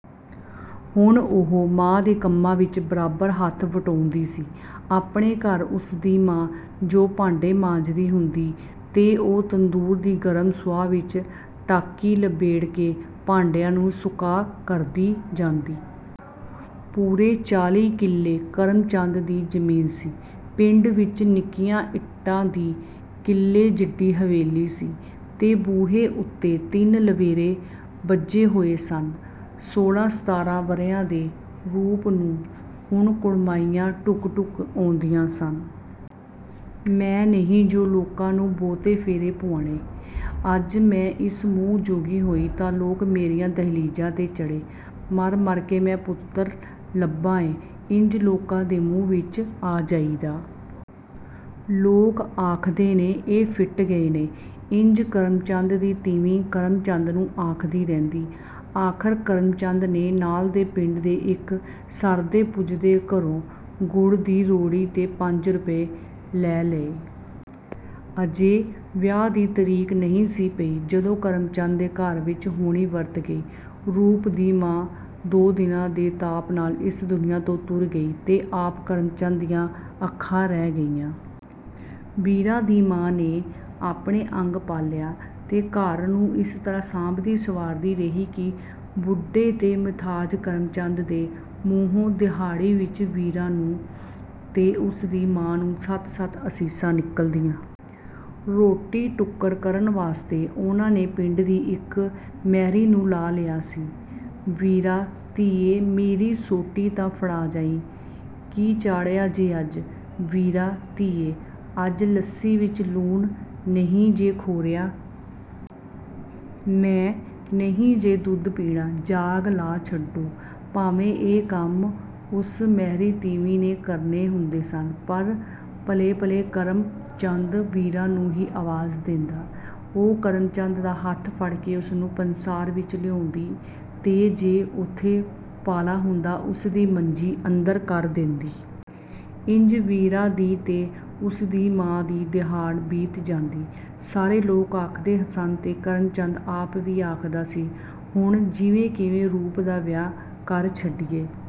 ਹੁਣ ਉਹ ਮਾਂ ਦੇ ਕੰਮਾਂ ਵਿੱਚ ਬਰਾਬਰ ਹੱਥ ਵਟਾਉਂਦੀ ਸੀ। ਆਪਣੇ ਘਰ ਉਸ ਦੀ ਮਾਂ ਜੋ ਭਾਂਡੇ ਮਾਂਜਦੀ ਹੁੰਦੀ, ਤਾਂ ਉਹ ਤੰਦੂਰ ਦੀ ਗਰਮ ਸੁਆਹ ਵਿੱਚ ਟਾਕੀ ਲਬੇੜ ਕੇ ਭਾਂਡਿਆਂ ਨੂੰ ਸੁੱਕਾ ਕਰਦੀ ਜਾਂਦੀ। ਪੂਰੇ ਚਾਲ੍ਹੀ ਕਿੱਲੇ ਕਰਮ ਚੰਦ ਦੀ ਜ਼ਮੀਨ ਸੀ। ਪਿੰਡ ਵਿੱਚ ਨਿੱਕੀਆਂ ਇੱਟਾਂ ਦੀ ਕਿਲ੍ਹੇ ਜਿੱਡੀ ਹਵੇਲੀ ਸੀ ਤੇ ਬੂਹੇ ਉੱਤੇ ਤਿੰਨ ਲਵੇਰੇ ਬੱਝੇ ਹੋਏ ਸਨ। ਸੋਲ੍ਹਾਂ-ਸਤਾਰਾਂ ਵਰ੍ਹਿਆਂ ਦੇ ਰੂਪ ਨੂੰ ਹੁਣ ਕੁੜਮਾਈਆਂ ਢੁੱਕ-ਢੁੱਕ ਆਉਂਦੀਆਂ ਸਨ। “ਮੈਂ ਨਹੀਂ ਜੋ ਲੋਕਾਂ ਨੂੰ ਬਹੁਤੇ ਫੇਰੇ ਪਵਾਣੇ। ਅੱਜ ਮੈਂ ਇਸ ਮੂੰਹ ਜੋਗੀ ਹੋਈ, ਤਾਂ ਲੋਕ ਮੇਰੀਆਂ ਦਹਿਲੀਜ਼ਾਂ ਤੇ ਚੜ੍ਹੇ। ਮਰ-ਮਰ ਕੇ ਮੈਂ ਪੁੱਤਰ ਲੱਭਾ ਏ। ਇੰਝ ਲੋਕਾਂ ਦੇ ਮੂੰਹ ਵਿੱਚ ਆ ਜਾਈਦਾ। ਲੋਕ ਆਖਦੇ ਨੇ, ਇਹ ਫਿੱਟ ਗਏ ਨੇ...” ਇੰਝ ਕਰਮ ਚੰਦ ਦੀ ਤੀਵੀਂ ਕਰਮ ਚੰਦ ਨੂੰ ਆਖਦੀ ਰਹਿੰਦੀ। ਆਖ਼ਰ ਕਰਮ ਚੰਦ ਨੇ ਨਾਲ ਦੇ ਪਿੰਡ ਦੇ ਇੱਕ ਸਰਦੇ-ਪੁੱਜਦੇ ਘਰੋਂ ਗੁੜ ਦੀ ਰੋੜੀ ਤੇ ਪੰਜ ਰੁਪਏ ਲੈ ਲਏ। ਅਜੇ ਵਿਆਹ ਦੀ ਤਾਰੀਖ ਨਹੀਂ ਸੀ ਪਈ, ਜਦੋਂ ਕਰਮ ਚੰਦ ਦੇ ਘਰ ਵਿੱਚ ਹੋਣੀ ਵਰਤ ਗਈ। ਰੂਪ ਦੀ ਮਾਂ ਦੋ ਦਿਨਾਂ ਦੇ ਤਾਪ ਨਾਲ ਇਸ ਦੁਨੀਆਂ ਤੋਂ ਤੁਰ ਗਈ ਤੇ ਆਪ ਕਰਮ ਚੰਦ ਦੀਆਂ ਅੱਖਾਂ ਰਹਿ ਗਈਆਂ। ਵੀਰਾਂ ਦੀ ਮਾਂ ਨੇ ਆਪਣਾ ਅੰਗ ਪਾਲਿਆ ਤੇ ਘਰ ਨੂੰ ਇਸ ਤਰ੍ਹਾਂ ਸਾਂਭਦੀ-ਸੰਵਾਰਦੀ ਰਹੀ ਕਿ ਬੁੱਢੇ ਤੇ ਮੁਥਾਜ ਕਰਮ ਚੰਦ ਦੇ ਮੂੰਹੋਂ ਦਿਹਾੜੀ ਵਿੱਚ ਵੀਰਾਂ ਨੂੰ ਤੇ ਉਸ ਦੀ ਮਾਂ ਨੂੰ ਸੱਤ-ਸੱਤ ਅਸੀਸਾਂ ਨਿਕਲਦੀਆਂ। ਰੋਟੀ-ਟੁੱਕਰ ਕਰਨ ਵਾਸਤੇ ਉਹਨਾਂ ਨੇ ਪਿੰਡ ਦੀ ਇੱਕ ਮਹਿਰੀ ਨੂੰ ਲਾ ਲਿਆ ਸੀ। “ਵੀਰਾਂ ਧੀਏ! ਮੇਰੀ ਸੋਟੀ ਤਾਂ ਫੜਾ ਜਾਈਂ... ਕੀ ਚਾੜ੍ਹਿਆ ਜੇ ਅੱਜ, ਵੀਰਾਂ ਧੀਏ?... ਅੱਜ ਲੱਸੀ ਵਿੱਚ ਲੂਣ ਨਹੀਂ ਜੇ ਖੋਰਿਆ... ਮੈਂ ਨਹੀਂ ਜੇ ਦੁੱਧ ਪੀਣਾ, ਜਾਗ ਲਾ ਛੱਡੋ...” ਭਾਵੇਂ ਇਹ ਕੰਮ ਉਸ ਮਹਿਰੀ ਤੀਵੀਂ ਨੇ ਕਰਨੇ ਹੁੰਦੇ ਸਨ, ਪਰ ਪਲੇ-ਪਲੇ ਕਰਮ ਚੰਦ ਵੀਰਾਂ ਨੂੰ ਹੀ ਆਵਾਜ਼ਾਂ ਦੇਂਦਾ। ਉਹ ਕਰਮ ਚੰਦ ਦਾ ਹੱਥ ਫੜ ਕੇ ਉਸ ਨੂੰ ਪਸਾਰ ਵਿੱਚ ਲਿਆਉਂਦੀ ਤੇ ਜੇ ਉੱਥੇ ਪਾਲਾ ਹੁੰਦਾ, ਉਸ ਦੀ ਮੰਜੀ ਅੰਦਰ ਕਰ ਦੇਂਦੀ। ਇੰਝ ਵੀਰਾਂ ਦੀ ਤੇ ਉਸ ਦੀ ਮਾਂ ਦੀ ਦਿਹਾੜ ਬੀਤ ਜਾਂਦੀ। ਸਾਰੇ ਲੋਕ ਆਖਦੇ ਸਨ ਤੇ ਕਰਮ ਚੰਦ ਆਪ ਵੀ ਆਖਦਾ ਸੀ, “ਹੁਣ ਜਿਵੇਂ-ਕਿਵੇਂ ਰੂਪ ਦਾ ਵਿਆਹ ਕਰ ਛੱਡੀਏ।”